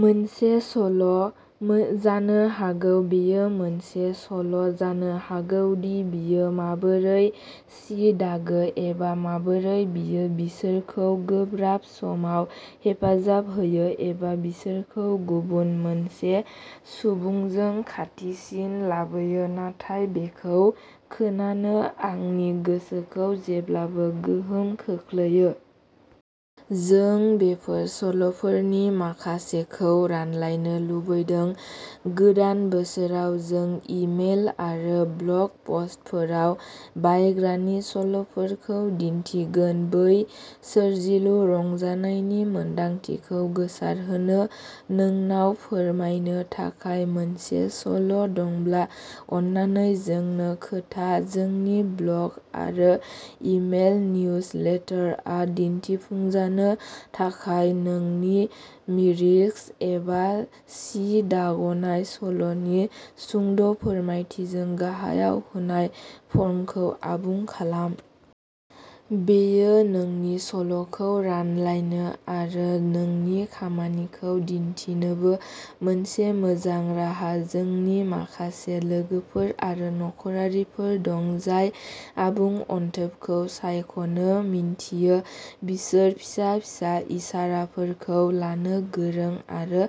मोनसे सल'। जानो हागौ बेयो मोनसे सल'जानो हागौ दि बियो माबोरै सि दागो एबा माबोरै बियो बिसोरखौ गोब्राब समाव हेफाजाब होयो एबा बिसोरखौ गुबुन मोनसे सुबुंजों खाथिसिन लाबोयो; नाथाय बेखौ खोनानो आंनि गोसोखौ जेब्लाबो गोहोम खोख्लैयो। जों बेफोर सल'फोरनि माखासेखौ रानलायनो लुगैदों। गोदान बोसोराव जों इमेल आरो ब्लग पस्टफोराव बायग्रानि सल'फोरखौ दिन्थिगोन, बै सोरजिलु रंजानायनि मोनदांथिखौ गोसारहोनो। नोंनाव फोरमायनो थाखाय मोनसे सल' दंब्ला अन्नानै जोंनो खोन्था जोंनि ब्लग आरो इमेल निउजलेटरआव दिन्थिफुंजानो थाखाय नोंनि मिर्रिक्स एबा सि दाग'नाय सल'नि सुंद' फोरमायथिजों गाहायाव होनाय फर्मखौ आबुं खालाम। बेयो नोंनि सल'खौ रानलायनो आरो नोंनि खामानिखौ दिन्थिनोबो मोनसे मोजां राहा! जोंनि माखासेहा लोगोफोर आरो नखरारिफोर दं जाय आबुं अनथोबखौ सायख'नो मिन्थियो। बिसोर फिसा-फिसा इसाराफोरखौ लानो गोरों आरो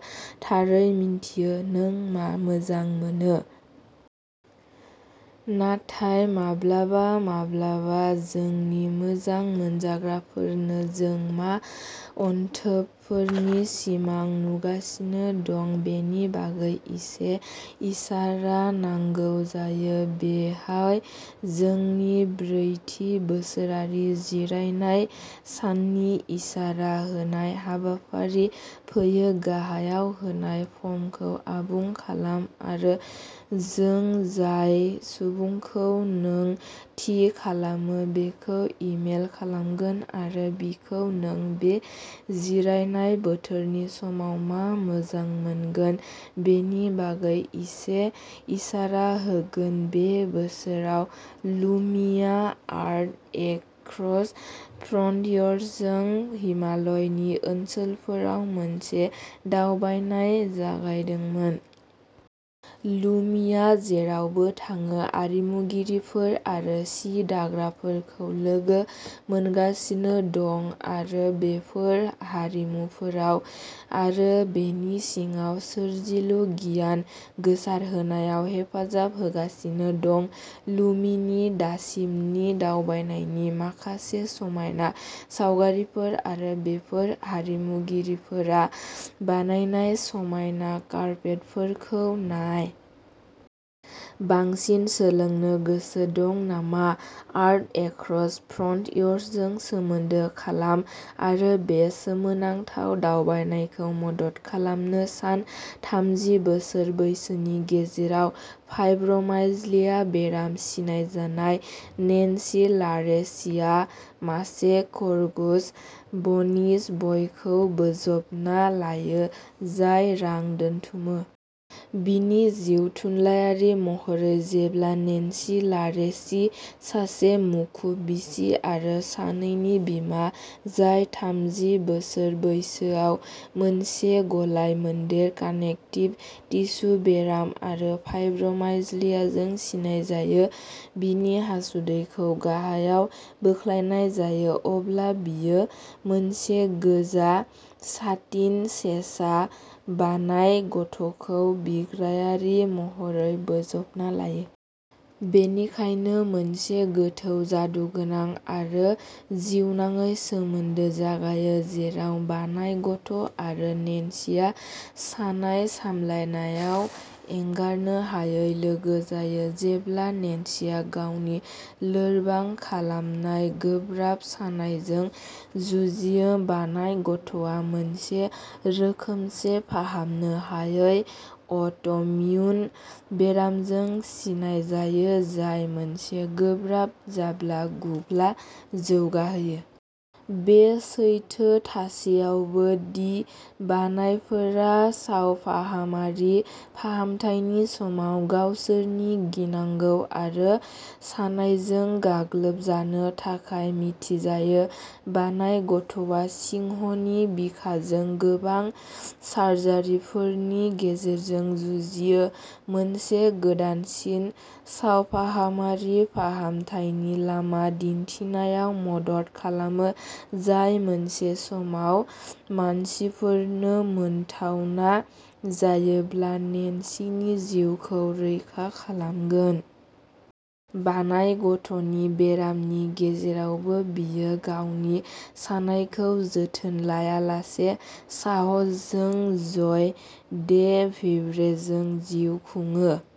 थारै मिन्थियो। नों मा मोजां मोनो। नाथाय माब्लाबा माब्लाबा जोंनि मोजां मोनजाग्राफोरनो जों मा अनथोबफोरनि सिमां नुगासिनो दं बेनि बागै एसे इसारा नांगौ जायो। बेहाय जोंनि ब्रैथि बोसोरारि जिरायनाय साननि इसारा होनाय हाबाफारि फैयो। गाहायाव होनाय फर्मखौ आबुं खालाम आरो जों जाय सुबुंखौ नों थि खालामो बिखौ इमेल खालामगोन आरो बिखौ नों बे जिरायनाय बोथोरनि समाव मा मोजां मोनगोन बेनि बागै एसे इसारा होगोन बे बोसोराव, "लुमी" आ आर्ट एक्रस फ्रन्टियर्सजों हिमालयनि ओनसोलफोराव मोनसे दावबायनाय जागायदोंमोन। लुमीआ जेरावबो थाङो आरिमुगिरिफोर आरो सि दाग्राफोरखौ लोगो मोनगासिनो दं आरो बेफोर हारिमुफोराव आरो बेनि सिङाव सोरजिलु गियान गोसारहोनायाव हेफाजाब होगासिनो दं। लुमीनि दासिमनि दावबायनायनि माखासे समायना सावगारिफोर आरो बेफोर आरिमुगिरिफोरा बानायनाय समायना कार्पेटफोरखौ नाय। बांसिन सोलोंनो गोसो दं नामा? आर्ट एक्रस फ्रन्टियर्सजों सोमोन्दो खालाम आरो बे सोमोनांथाव दावबायनायखौ मदद खालामनो सान। थामजि बोसोर बैसोनि गेजेराव फाइब्रोमाइल्जिया बेराम सिनायजानाय, नैन्सी लारेसीआ मासे खरगोश, बानिस बयखौ बोजबना लायो, जाय रां दोनथुमो। बिनि जिउ-थुनलायारि महरै जेब्ला नेन्सी लारेसी, सासे मुखुब बिसि आरो सानैनि बिमा, जाय थामजि बोसोर बैसोआव मोनसे गलाय-मोनदेर कानेक्टिभ टिस्यु बेराम आरो फाइब्रोमाइल्जियाजों सिनायजायो, बिनि हासुदैखौ गाहायाव बोख्लायनाय जायो, अब्ला बियो मोनसे गोजा साटिन सेसा, बानाइ गथ'खौ बिग्रायारि महरै बोजबना लायो। बेनिखायनो मोनसे गोथौ जादुगोनां आरो जिउनाङै सोमोन्दो जागायो, जेराव बानाइ गथ' आरो नेन्सीआ सानाय सामलायनायाव एंगारनो हायै लोगो जायो। जेब्ला नेन्सीया गावनि लोरबां खालामनाय गोब्राब सानायजों जुजियो, बानाइ गथ'आ मोनसे रोखोमसे फाहामनो हायै अट'इम्युन बेरामजों सिनायजायो, जाय मोनसे गोब्राब जाब्ला गुग्ला जौगाहोयो। बे सैथो थासेयावबो दि बानाइफोरा सावफाहामारि फाहामथायनि समाव गावसोरनि गिनांगौ आरो सानायजों गाग्लोबजानो थाखाय मिथिजायो, बानाइ गथ'आ सिंहनि बिखाजों गोबां सार्जारिफोरनि गेजेरजों जुजियो, मोनसे गोदानसिन सावफाहामारि फाहामथायनि लामा दिन्थिनायाव मदद खालामो, जाय मोनसे समाव मानसिफोरनो मोनथावना जायोब्ला, नेन्सीनि जिउखौ रैखा खालामगोन। बानाइ गथ'नि बेरामनि गेजेरावबो बियो गावनि सानायखौ जोथोन लायालासे साहसजों जय डे भिभ्रेजों जिउ खुङो ।